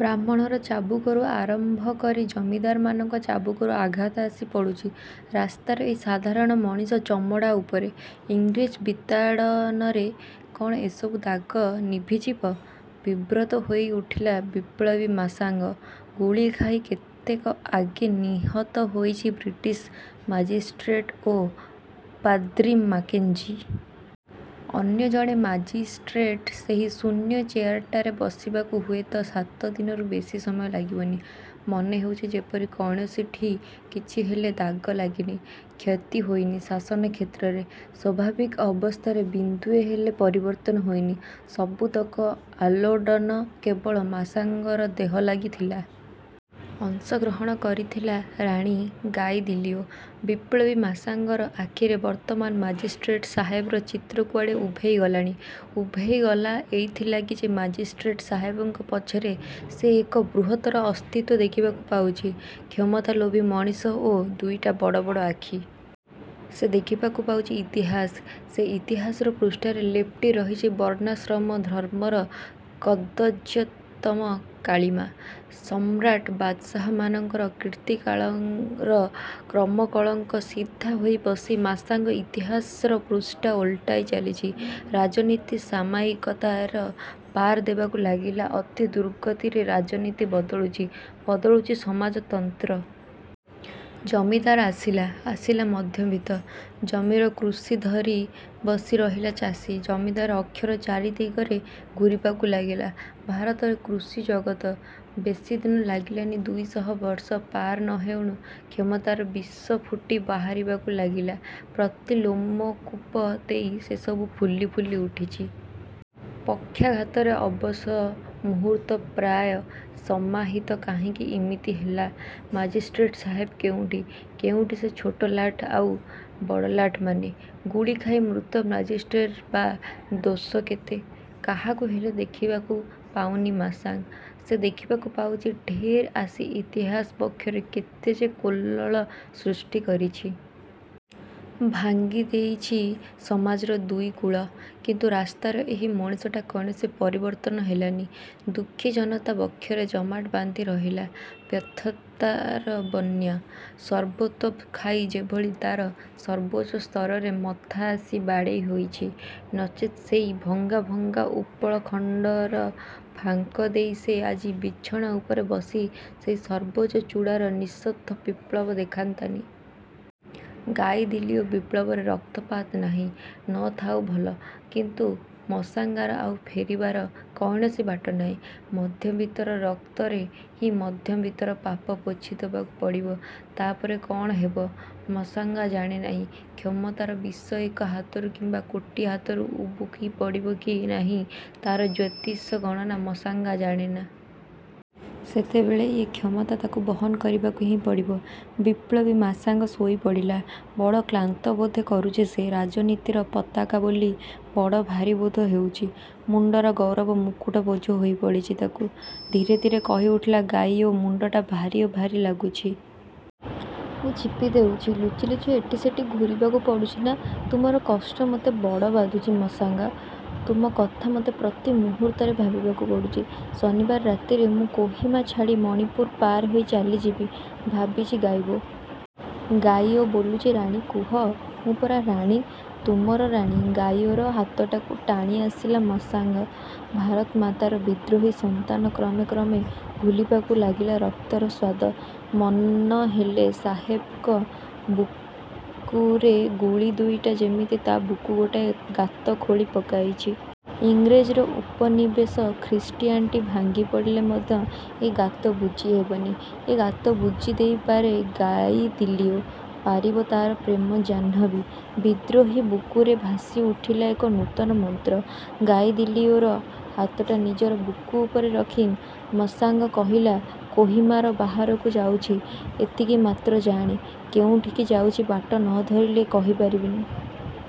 ବ୍ରାହ୍ମଣର ଚାବୁକରୁ ଆରମ୍ଭ କରି ଜମିଦାରମାନଙ୍କ ଚାବୁକରୁ ଆଘାତ ଆସି ପଡ଼ୁଛି ରାସ୍ତାର ଏଇ ସାଧାରଣ ମଣିଷ ଚମଡ଼ା ଉପରେ। ଇଂରେଜ ବିତାଡ଼ନରେ କ'ଣ ଏସବୁ ଦାଗ ନିଭିଯିବ? ବିବ୍ରତ ହୋଇ ଉଠିଲା ବିପ୍ଳବୀ ମାଶାଙ୍ଗ। ଗୁଳି ଖାଇ କେତେକ ଆଗେ ନିହତ ହୋଇଛି ବ୍ରିଟିଶ ମାଜିଷ୍ଟ୍ରେଟ ଓ ପାଦ୍ରୀ ମାକେଞ୍ଜି। ଅନ୍ୟ ଜଣେ ମାଜିଷ୍ଟ୍ରେଟ ସେହି ଶୂନ୍ୟ ଚେୟାରଟାରେ ବସିବାକୁ ହୁଏତ ସାତ ଦିନରୁ ବେଶି ସମୟ ଲାଗିବନି। ମନେ ହେଉଛି ଯେପରି କୌଣସିଠି କିଛି ହେଲେ ଦାଗ ଲାଗିନି। କ୍ଷତି ହୋଇନି ଶାସନକ୍ଷେତ୍ରରେ। ସ୍ୱାଭାବିକ ଅବସ୍ଥାର ବିନ୍ଦୁଏ ହେଲେ ପରିବର୍ତ୍ତନ ହୋଇନି। ସବୁତକ ଆଲୋଡ଼ନ କେବଳ ମାଶାଙ୍ଗର ଦେହ ଲାଗି ଥିଲା? ଅଂଶଗ୍ରହଣ କରିଥିଲା ରାଣୀ ଗାଇଦିଲିଓ। ବିପ୍ଳବୀ ମାଶାଙ୍ଗର ଆଖିରେ ବର୍ତ୍ତମାନ ମାଜିଷ୍ଟ୍ରେଟ ସାହେବର ଚିତ୍ର କୁଆଡ଼େ ଉଭେଇ ଗଲାଣି। ଉଭେଇଗଲା ଏଇଥିଲାଗି ଯେ ମାଜିଷ୍ଟ୍ରେଟ ସାହେବଙ୍କ ପଛରେ ସେ ଏକ ବୃହତ୍ତର ଅସ୍ତିତ୍ୱ ଦେଖିବାକୁ ପାଉଛି। କ୍ଷମତାଲୋଭୀ ମଣିଷ ଓ ଦୁଇଟା ବଡ଼ ବଡ଼ ଆଖି। ସେ ଦେଖିବାକୁ ପାଉଛି ଇତିହାସ; ସେ ଇତିହାସର ପୃଷ୍ଠାରେ ଲେପ୍ଟି ରହିଛି ବର୍ଣ୍ଣାଶ୍ରମ ଧର୍ମର କଦର୍ଯ୍ୟତମ କାଳିମା, ସମ୍ରାଟ ବାଦଶାହମାନଙ୍କର କୀର୍ତ୍ତିକାଳର କ୍ରମକଳଙ୍କ। ସିଧା ହୋଇ ବସି ମାଶାଙ୍ଗ ଇତିହାସର ପୃଷ୍ଠା ଓଲଟାଇ ଚାଲିଛି। ରାଜନୀତି ସାମାୟିକତାର ପାର ଦେବାକୁ ଲାଗିଲା ଅତି ଦୃଗତିରେ। ରାଜନୀତି ବଦଳୁଛି, ବଦଳୁଛି ସମାଜତନ୍ତ୍ର। ଜମିଦାର ଆସିଲା, ଆସିଲା ମଧ୍ୟବିତ୍ତ। ଜମିର କୃଷି ଧରି ବସିରହିଲା ଚାଷୀ। ଜମିଦାର ଅକ୍ଷର ଚାରିଦିଗରେ ଘୂରିବାକୁ ଲାଗିଲା ଭାରତର କୃଷି ଜଗତ। ବେଶୀଦିନ ଲାଗିଲାନି, ଦୁଇଶହ ବର୍ଷ ପାର ନ ହେଉଣୁ କ୍ଷମତାର ବିଷ ଫୁଟି ବାହାରିବାକୁ ଲାଗିଲା। ପ୍ରତି ଲୋମକୂପ ଦେଇ ସେସବୁ ଫୁଲି ଫୁଲି ଉଠିଛି। ପକ୍ଷାଘାତରେ ଅବଶ ମୁହୂର୍ତ୍ତ ପ୍ରାୟ ସମାହିତ। କାହିଁକି ଇମିତି ହେଲା? ମାଜିଷ୍ଟ୍ରେଟ ସାହେବ କେଉଁଠି? କେଉଁଠି ସେ ଛୋଟଲାଟ ଆଉ ବଡ଼ଲାଟମାନେ? ଗୁଳି ଖାଇ ମୃତ ମାଜିଷ୍ଟ୍ରେଟ ବା ଦୋଷ କେତେ? କାହାକୁ ହେଲେ ଦେଖିବାକୁ ପାଉନି ମାଶାଙ୍ଗ। ସେ ଦେଖିବାକୁ ପାଉଛି, ଢେ ଆସି ଇତିହାସ ବକ୍ଷରେ କେତେ ଯେ କୋଲ୍ଲୋଳ ସୃଷ୍ଟି କରିଛି। ଭାଙ୍ଗିଦେଇଛି ସମାଜର ଦୁଇ କୂଳ! କିନ୍ତୁ ରାସ୍ତାର ଏହି ମଣିଷଟା କୌଣସି ପରିବର୍ତ୍ତନ ହେଲାନି ଦୁଃଖୀ ଜନତା ବକ୍ଷରେ ଜମାଟ ବାନ୍ଧି ରହିଲା ବ୍ୟଥତାର ବନ୍ୟା। ସର୍ବୋତୋ ଖାଇ ଯେଭଳି ତାର ସର୍ବୋଚ୍ଚ ସ୍ତରରେ ମଥା ଆସି ବାଡ଼େଇ ହୋଇଛି। ନଚେତ୍ ସେଇ ଭଙ୍ଗା ଭଙ୍ଗା ଉପଳଖଣ୍ଡର ଫାଙ୍କ ଦେଇ ସେ ଆଜି ବିଛଣା ଉପରେ ବସି ସେଇ ସର୍ବୋଚ୍ଚ ଚୂଡ଼ାର ନିଃଶବ୍ଦ ବିପ୍ଳବ ଦେଖନ୍ତାନି। ଗାଇଦିଲିଓ ବିପ୍ଳବରେ ରକ୍ତପାତ ନାହିଁ। ନ ଥାଉ, ଭଲ। କିନ୍ତୁ ମଶାଙ୍ଗାର ଆଉ ଫେରିବାର କୌଣସି ବାଟ ନାହିଁ। ମଧ୍ୟବିତ୍ତର ରକ୍ତରେ ହିଁ ମଧ୍ୟବିତ୍ତର ପାପ ପୋଛିଦବାକୁ ପଡ଼ିବ। ତା'ପରେ କ'ଣ ହେବ ମସାଙ୍ଗା ଜାଣେନାହିଁ। କ୍ଷମତାର ବିଷ ଏକ ହାତରୁ କିମ୍ବା କୋଟି ହାତରୁ ଉବୁକି ପଡ଼ିବ କି ନାହିଁ, ତା'ର ଜ୍ୟୋତିଷଗଣନା ମଶାଙ୍ଗା ଜାଣେନା। ସେତେବେଳେ ଏ କ୍ଷମତା ତାକୁ ବହନ କରିବାକୁ ହିଁ ପଡ଼ିବ। ବିପ୍ଳବୀ ମାଶାଙ୍ଗ ଶୋଇପଡ଼ିଲା। ବଡ଼ କ୍ଳାନ୍ତ ବୋଧେ କରୁଛି ସେ। ରାଜନୀତିର ପତାକା ବୋଲି ବଡ଼ ଭାରୀ ବୋଧ ହେଉଛି। ମୁଣ୍ଡର ଗୌରବ ମୁକୁଟ ବୋଝ ହୋଇପଡ଼ିଛି ତାକୁ। ଧୀରେ ଧୀରେ କହିଉଠିଲା ଗାଇଓ, ମୁଣ୍ଡଟା ଭାରୀ ଭାରୀ ଲାଗୁଛି। ମୁଁ ଚିପି ଦେଉଛି। ଲୁଚି ଲୁଚି ଏଠି ସେଠି ଘୂରିବାକୁ ପଡ଼ୁଛି ନା! ତୁମର କଷ୍ଟ ମତେ ବଡ଼ ବାଧୁଛି ମାଶାଙ୍ଗା! ତୁମ କଥା ମତେ ପ୍ରତି ମୁହୂର୍ତ୍ତରେ ଭାବିବାକୁ ପଡ଼ୁଛି। ଶନିବାର ରାତିରେ ମୁଁ କୋହିମା ଛାଡ଼ି ମଣିପୁର ପାର ହୋଇ ଚାଲିଯିବି ଭାବିଛି ଗାଇଓ! ଗାଇଓ ବୋଲୁଛି ରାଣୀ କୁହ, ମୁଁ ପରା ରାଣୀ, ତୁମର ରାଣୀ! ଗାଇଓର ହାତଟାକୁ ଟାଣିଆସିଲା ମାଶାଙ୍ଗ। ଭାରତମାତାର ବିଦ୍ରୋହୀ ସନ୍ତାନ କ୍ରମେ କ୍ରମେ ଭୁଲିବାକୁ ଲାଗିଲା ରକ୍ତର ସ୍ୱାଦ। ମନହେଲେ, ସାହେବଙ୍କ ବୁକୁରେ ଗୁଳି ଦୁଇଟା ଯେମିତି ତା ବୁକୁ ଗୋଟାଏ ଗାତ ଖୋଳି ପକାଇଛି। ଇଂରେଜର ଉପନିବେଶ ଖ୍ରୀଷ୍ଟିଆନିଟି ଭାଙ୍ଗିପଡ଼ିଲେ ମଧ୍ୟ ଏ ଗାତ ବୁଜି ହେବନି। ଏ ଗାତ ବୁଜି ଦେଇପାରେ ଗାଇଦିଲିଓ, ପାରିବ ତାର ପ୍ରେମ ଜାହ୍ନବୀ। ବିଦ୍ରୋହୀ ବୁକୁରେ ଭାସିଉଠିଲା ଏକ ନୂତନ ମନ୍ତ୍ର। ଗାଇଦିଲିଓର ହାତଟା ନିଜ ବୁକୁ ଉପରେ ରଖି ମାଶାଙ୍ଗ କହିଲା, କୋହିମାର ବାହାରକୁ ଯାଉଛି ଏତିକିମାତ୍ର ଜାଣେ। କେଉଁଠିକି ଯାଉଛି, ବାଟ ନ ଧରିଲେ କହି ପାରିବେନି।